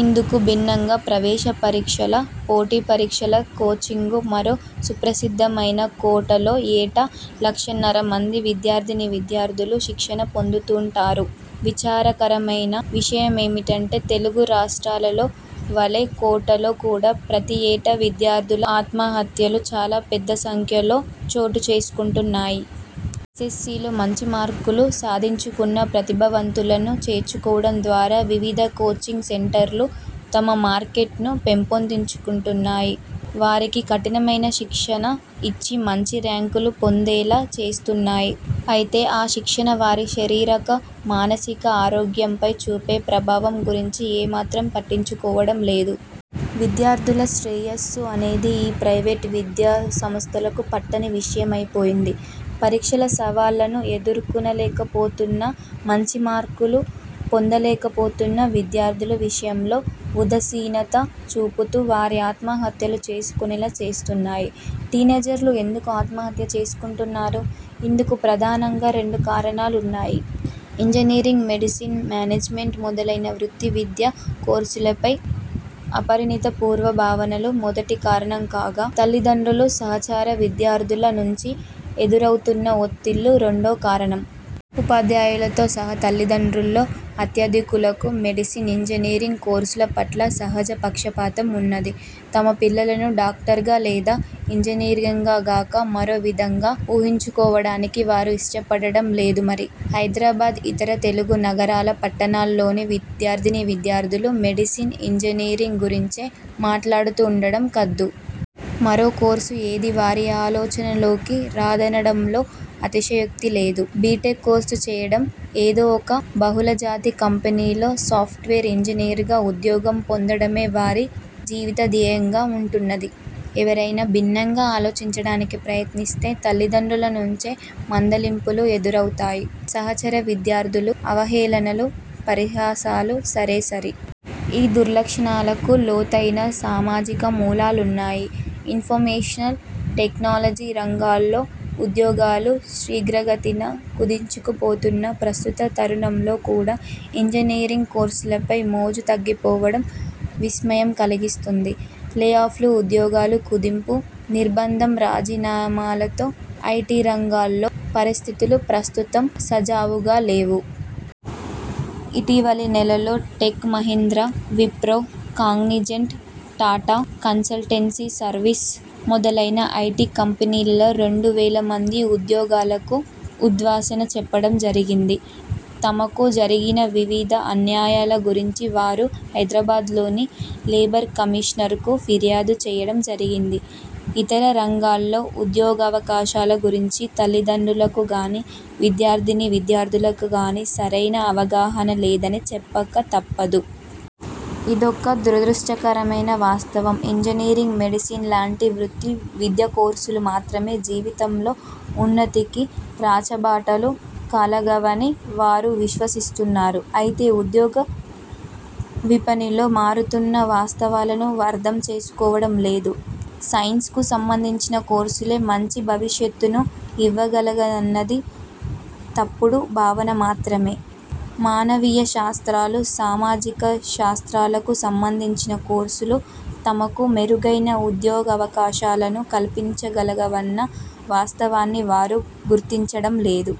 ఇందుకు భిన్నంగా, ప్రవేశ పరీక్షల, పోటీ పరీక్షల కోచింగు మరో సుప్రసిద్ధమైన కోట లో ఏటా లక్షన్నర మంది విద్యార్థినీ విద్యార్థులు శిక్షణ పొందుతుంటారు. విచారకరమైన విషయమేమిటంటే తెలుగు రాష్ట్రాలలో వలే కోటలో కూడా ప్రతి ఏటా విద్యార్థుల ఆత్మహత్యలు చాలా పెద్ద సంఖ్యలో చోటుచేసుకుంటున్నాయి. ఎస్ఎస్సీలో మంచి మార్కులు సాధించుకున్న ప్రతిభావంతులను చేర్చుకోవడం ద్వారా వివిధ కోచింగ్ సెంటర్లు తమ మార్కెట్ను పెంపొందించుకుంటున్నాయి. వారికి కఠినమైన శిక్షణ ఇచ్చి మంచి ర్యాంకులు పొందేలా చేస్తున్నాయి. అయితే ఆ శిక్షణ వారి శరీరక, మానసిక ఆరోగ్యంపై చూపే ప్రభావం గురించి ఏమాత్రం పట్టించుకోవడం లేదు. విద్యార్థుల శ్రేయస్సు అనేది ఈ ప్రైవేట్ విద్యాసంస్థలకు పట్టని విషయమైపోయింది. పరీక్షల సవాళ్లను ఎదుర్కొనలేకపోతున్న, మంచి మార్కులు పొందలేకపోతున్న విద్యార్థులు విషయంలో ఉదసీనత చూపుతూ వారి ఆత్మహత్యలు చేసుకొనేలా చేస్తున్నాయి. టీనేజర్లు ఎందుకు ఆత్మహత్య చేసుకొంటున్నారు? ఇందుకు ప్రధానంగా రెండు కారణాలు వున్నాయి. ఇంజనీరింగ్, మెడిసిన్, మేనేజ్మెంట్ మొదలైన వృత్తి విద్యా కోర్సులపై అపరిణత పూర్వ భావనలు మొదటి కారణం కాగా; తల్లిదండ్రులు, సహచర విద్యార్థుల నుంచి ఎదురవుతున్న ఒత్తిళ్ళు రెండో కారణం. ఉపాధ్యాయులతో సహా తల్లిదండ్రుల్లో అత్యధికులకు మెడిసిన్, ఇంజనీరింగ్ కోర్సుల పట్ల సహజ పక్షపాతం వున్నది. తమ పిల్లలను డాక్టర్గా లేదా ఇంజనీరింగ్గా గాక మరో విధంగా ఊహించుకోవడానికి వారు ఇష్టపడడం లేదు మరి. హైదరాబాద్, ఇతర తెలుగు నగరాల, పట్టణాల్లోని విద్యార్థినీ విద్యార్థులు మెడిసిన్, ఇంజనీరింగ్ గురించే మాట్లాడుతూండడం కద్దు. మరో కోర్సు ఏదీ వారి ఆలోచనలోకి రాదనడంలో అతిశయోక్తి లేదు. బీటెక్ కోర్స్ చేయడం, ఏదో ఒక బహుళజాతి కంపెనీలో సాఫ్ట్వేర్ ఇంజనీర్గా ఉద్యోగం పొందడమే వారి జీవితధ్యేయంగా వుంటున్నది. ఎవరైనా భిన్నంగా ఆలోచించడానికి ప్రయత్నిస్తే తల్లిదండ్రుల నుంచే మందలింపులు ఎదురవుతాయి. సహచర విద్యార్థులు అవహేళనలు, పరిహాసాలు సరే సరి. ఈ దుర్లక్షణాలకు లోతైన సామాజిక మూలాలున్నాయి. ఇన్ఫర్మేషనల్ టెక్నాలజీ రంగాల్లో ఉద్యోగాలు శీఘ్రగతిన కుదించుకుపోతున్న ప్రస్తుత తరుణంలో కూడా ఇంజినీరింగ్ కోర్సులపై మోజు తగ్గిపోవడం విస్మయం కలిగిస్తుంది. లే ఆఫ్లు, ఉద్యోగాలు కుదింపు, నిర్బంధం రాజీనామాలతో ఐటీ రంగాల్లో పరిస్థితులు ప్రస్తుతం సజావుగా లేవు. ఇటీవలి నెలలో Tech Mahindra, Wipro, Cognizant, Tata Consultancy Service మొదలైన ఐటీ కంపెనీల్లో రెండు వేల మంది ఉద్యోగులకు ఉద్వాసన చెప్పడం జరిగింది. తమకు జరిగిన వివిధ అన్యాయాల గురించి వారు హైదరాబాద్లోని లేబర్ కమిషనర్కు ఫిర్యాదు చెయ్యడం జరిగింది. ఇతర రంగాల్లో ఉద్యోగవకాశాల గురించి తల్లిదండ్రులకుగానీ, విద్యార్థినీ విద్యార్థులకు గానీ సరైన అవగాహన లేదని చెప్పకతప్పదు. ఇదొక దురదృష్టకరమైన వాస్తవం. ఇంజనీరింగ్, మెడిసిన్ లాంటి వృత్తి విద్యకోర్సులు మాత్రమే జీవితంలో ఉన్నతికి రాచబాటలు కలగవని వారు విశ్వసిస్తున్నారు. అయితే ఉద్యోగ విపణిలో మారుతున్న వాస్తవాలను అర్థం చేసుకోవడం లేదు. సైన్స్కు సంబంధించిన కోర్సులే మంచి భవిష్యత్తును ఇవ్వగలనన్నది తప్పుడు భావన మాత్రమే. మానవీయ శాస్త్రాలు, సామాజిక శాస్త్రాలకు సంబంధించిన కోర్సులు తమకు మెరుగైన ఉద్యోగవకాశాలను కల్పించగలవన్న వాస్తవాన్ని వారు గుర్తించడం లేదు.